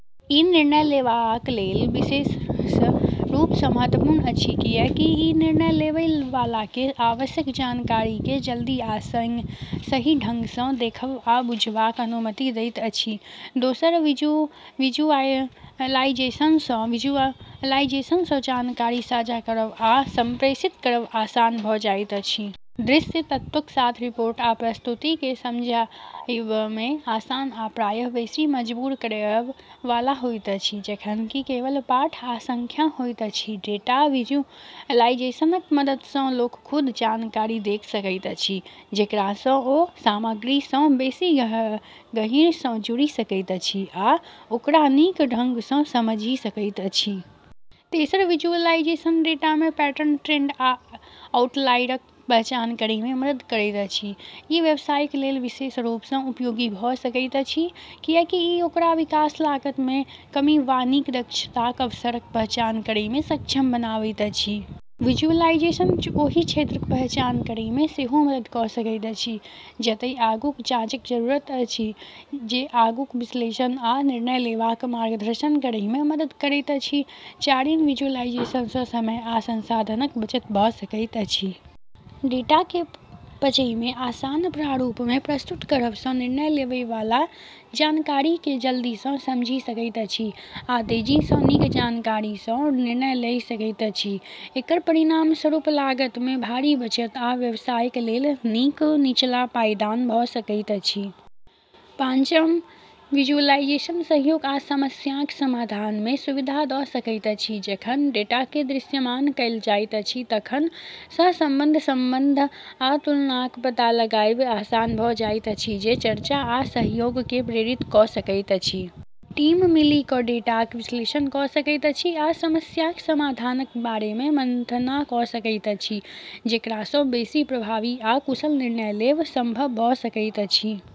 ई निर्णय लेबाक लेल विशेष रूपसँ महत्वपूर्ण अछि, किएकि ई निर्णय लेबय वालाकेँ आवश्यक जानकारीकेँ जल्दी आ सही ढङ्गसँ देखब आ बुझबाक अनुमति दैत अछि। दोसर, विजुअलाइजेशनसँ जानकारी साझा करब आ सम्प्रेषित करब आसान भऽ जाइत अछि। दृश्य तत्वक साथ रिपोर्ट आ प्रस्तुतिकेँ समझायबमे आसान आ प्रायः बेसी मजबूर करब वाला होइत अछि, जखन कि केवल पाठ आ सङ्ख्या होइत अछि। डेटा विजुअलाइजेशनक मददसँ लोक खुद जानकारी देख सकैत अछि, जेकरासँ ओ सामग्रीसँ बेसी गहींरसँ जुड़ि सकैत अछि आ ओकरा नीक ढङ्गसँ समझि सकैत अछि। तेसर, विजुअलाइजेशन डेटामे पैटर्न, ट्रेन्ड आ आउटलायरक पहचान करैमे मदद करैत अछि। ई व्यवसायक लेल विशेष रूपसँ उपयोगी भऽ सकैत अछि, किएकि ई ओकरा विकास, लागतमे कमी, वा नीक दक्षताक अवसरक पहचान करैमे सक्षम बनाबैत अछि। विजुअलाइजेशन ओही क्षेत्रक पहचान करैमे सेहो मदद कऽ सकैत अछि जतय आगूक जाँचक जरूरत अछि, जे आगूक विश्लेषण आ निर्णय लेबाक मार्गदर्शन करैमे मदद करैत अछि। चारिम, विजुअलाइजेशनसँ समय आ संसाधनक बचत भऽ सकैत अछि। डेटाकेँ पचयमे आसान प्रारूपमे प्रस्तुत करबसँ निर्णय लेबय वाला जानकारीकेँ जल्दीसँ समझि सकैत अछि आ तेजीसँ, नीक जानकारीसँ निर्णय लय सकैत अछि। एकर परिणामस्वरूप लागतमे भारी बचत आ व्यवसायक लेल नीक निचला पायदान भऽ सकैत अछि। पाँचम, विजुअलाइजेशन सहयोग आ समस्याक समाधानमे सुविधा दऽ सकैत अछि। जखन डेटाकेँ दृश्यमान कएल जाइत अछि तखन सहसम्बन्ध, सम्बन्ध आ तुलनाक पता लगाएब आसान भऽ जाइत अछि, जे चर्चा आ सहयोगकेँ प्रेरित कऽ सकैत अछि। टीम मिलि कऽ डेटाक विश्लेषण कऽ सकैत अछि आ समस्याक समाधानक बारेमे मन्थना कऽ सकैत अछि, जेकरासँ बेसी प्रभावी आ कुशल निर्णय लेब सम्भव भऽ सकैत अछि।